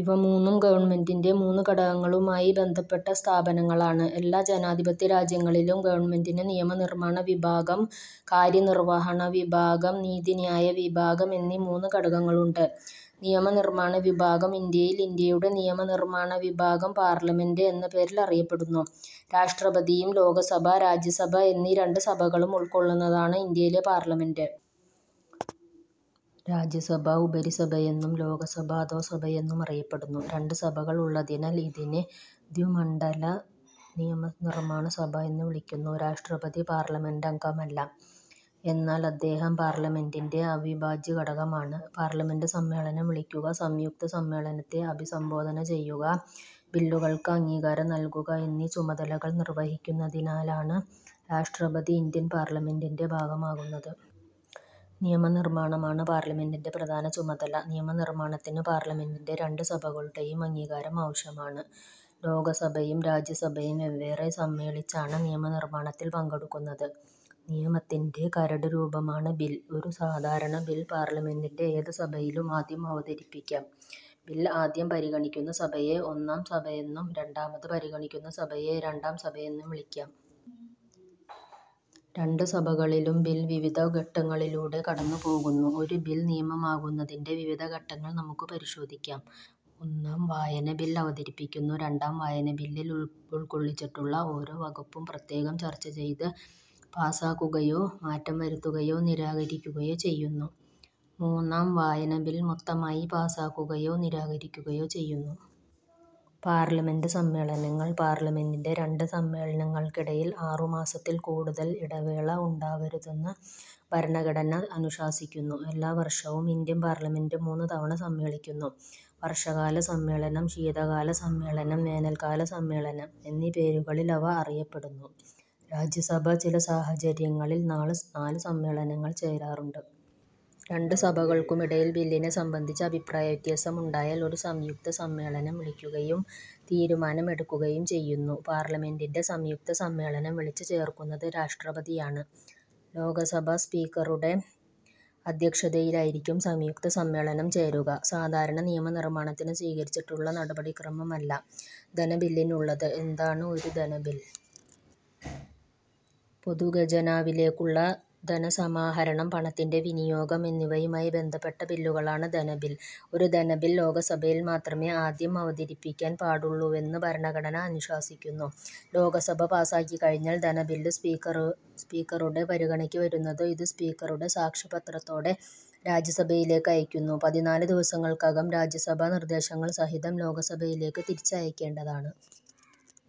ഇവ മൂന്നും ഗവൺമെന്റിന്റെ മൂന്നു ഘടകങ്ങളുമായി ബന്ധപ്പെട്ട സ്ഥാപനങ്ങളാണ്. എല്ലാ ജനാധിപത്യരാജ്യങ്ങളിലും ഗവൺമെന്റിന് നിയമ നിർമാണവിഭാഗം, കാര്യനിർവഹണവിഭാഗം, നീതിന്യായ വിഭാഗം എന്നീ മൂന്ന് ഘടകങ്ങളുണ്ട്. നിയമനിർമാണവിഭാഗം ഇന്ത്യയിൽ ഇന്ത്യയുടെ നിയമനിർമാണവിഭാഗം പാർലമെന്റ് എന്ന പേരിൽ അറിയപ്പെടുന്നു. രാഷ്ട്രപതിയും ലോകസഭ, രാജ്യസഭ എന്നീ രണ്ട് സഭകളും ഉൾക്കൊള്ളുന്നതാണ് ഇന്ത്യയിലെ പാർലമെന്റ്. രാജ്യസഭ ഉപരിസഭയെന്നും ലോകസഭ അധോസഭയെന്നും അറിയപ്പെടുന്നു. രണ്ട് സഭകൾ ഉള്ളതിനാൽ ഇതിനെ ദ്വിമണ്ഡല നിയമനിർമാണ സഭ എന്ന് വിളിക്കുന്നു. രാഷ്ട്രപതി പാർലമെന്റംഗമല്ല. എന്നാൽ അദ്ദേഹം പാർലമെന്റിന്റെ അവിഭാജ്യ ഘടകമാണ്. പാർലമെന്റ് സമ്മേളനം വിളിക്കുക, സംയുക്ത സമ്മേളനത്തെ അഭിസംബോധന ചെയ്യുക, ബില്ലുകൾക്ക് അംഗീകാരം നൽകുക എന്നീ ചുമതലകൾ നിർവഹിക്കുന്നതിനാലാണ് രാഷ്ട്രപതി ഇന്ത്യൻ പാർലമെന്റിന്റെ ഭാഗമാകുന്നത്. നിയമനിർമാണമാണ് പാർലമെന്റിന്റെ പ്രധാന ചുമതല. നിയമ നിർമാണത്തിന് പാർലമെന്റിന്റെ രണ്ട് സഭകളുടെയും അംഗീകാരം ആവശ്യമാണ്. ലോകസഭയും രാജ്യസഭയും വെവ്വേറെ സമ്മേളിച്ചാണ് നിയമനിർമാണത്തിൽ പങ്കെടുക്കുന്നത്. നിയമത്തിന്റെ കരടുരൂപമാണ് ബിൽ. ഒരു സാധാരണബിൽ പാർലമെന്റിന്റെ ഏതു സഭയിലും ആദ്യം അവതരിപ്പിക്കാം. ബിൽ ആദ്യം പരിഗണിക്കുന്ന സഭയെ ഒന്നാം സഭയെന്നും രണ്ടാമതു പരിഗണിക്കുന്ന സഭയെ രണ്ടാം സഭയെന്നും വിളിക്കാം. രണ്ട് സഭകളിലും ബിൽ വിവിധ ഘട്ടങ്ങളിലൂടെ കടന്നുപോകുന്നു. ഒരു ബിൽ നിയമമാകുന്നതിന്റെ വിവിധ ഘട്ടങ്ങൾ നമുക്ക്പരിശോധിക്കാം. ഒന്നാം വായന-ബിൽ അവതരിപ്പിക്കുന്നു. രണ്ടാം വായന-ബില്ലിൽ ഉൾക്കൊള്ളിച്ചിട്ടുള്ള ഓരോ വകുപ്പും പ്രത്യേകം ചർച്ച ചെയ്ത് പാസ്സാക്കുകയോ മാറ്റം വരുത്തുകയോ നിരാകരിക്കുകയോ ചെയ്യുന്നു. മൂന്നാം വായന-ബിൽ മൊത്തമായി പാസ്സാക്കുകയോ നിരാകരിക്കുകയോ ചെയ്യുന്നു. പാർലമെന്റ് സമ്മേളനങ്ങൾ പാർലമെന്റിന്റെ രണ്ട് സമ്മേളനങ്ങൾക്കിടയിൽ ആറുമാസത്തിൽ കൂടുതൽ ഇടവേള ഉണ്ടാവരുതെന്ന് ഭരണഘടന അനുശാസിക്കുന്നു. എല്ലാ വർഷവും ഇന്ത്യൻ പാർലമെന്റ് മൂന്ന് തവണ സമ്മേളിക്കുന്നു. വർഷ കാല സമ്മേളനം, ശീതകാല സമ്മേളനം, വേനൽക്കാല സമ്മേളനം എന്നീ പേരുകളിൽ അവ അറിയപ്പെടുന്നു. രാജ്യസഭ ചില സാഹചര്യങ്ങളിൽ നാല് സമ്മേളനങ്ങൾ ചേരാറുണ്ട്. രണ്ട് സഭകൾക്കുമിടയിൽ ബില്ലിനെ സംബന്ധിച്ച് അഭിപ്രായവ്യത്യാസം ഉണ്ടായാൽ ഒരു സംയുക്ത സമ്മേളനം വിളിക്കുകയും തീരുമാനം എടുക്കുകയും ചെയ്യുന്നു. പാർലമെന്റിന്റെ സംയുക്ത സമ്മേളനം വിളിച്ചു ചേർക്കുന്നത് രാഷ്ട്രപതിയാണ്. ലോകസഭാ സ്പീക്കറുടെ അദ്ധ്യക്ഷതയിലായിരിക്കും സംയുക്ത സമ്മേളനം ചേരുക. സാധാരണ നിയമനിർമാണത്തിന് സ്വീകരിച്ചിട്ടുള്ള നടപടിക്രമം അല്ല ധനബില്ലിനുള്ളത്. എന്താണ് ഒരു ധനബിൽ? പൊതുഖജനാവിലേക്കുള്ള ധനസമാഹരണം, പണത്തിന്റെ വിനിയോഗം എന്നിവയുമായി ബന്ധപ്പെട്ട ബില്ലുകളാണ് ധനബിൽ. ഒരു ധനബിൽ ലോകസഭയിൽ മാത്രമേ ആദ്യം അവതരിപ്പിക്കാൻ പാടുള്ളൂവെന്ന് ഭരണഘടന അനുശാസിക്കുന്നു. ലോക സഭ പാസ്സാക്കി കഴിഞ്ഞാൽ ധനബില്ലു സ്പീക്കറുടെ പരിഗണനയ്ക്ക് വരുന്നത്. ഇത് സ്പീക്കറുടെ സാക്ഷ്യപത്രത്തോടെ രാജ്യസഭയിലേക്കയക്കുന്നു. പതിനാല് ദിവസങ്ങൾക്കകം രാജ്യസഭ നിർദേശങ്ങൾ സഹിതം ലോകസഭയിലേക്ക് തിരിച്ച് അയക്കേണ്ടതാണ്.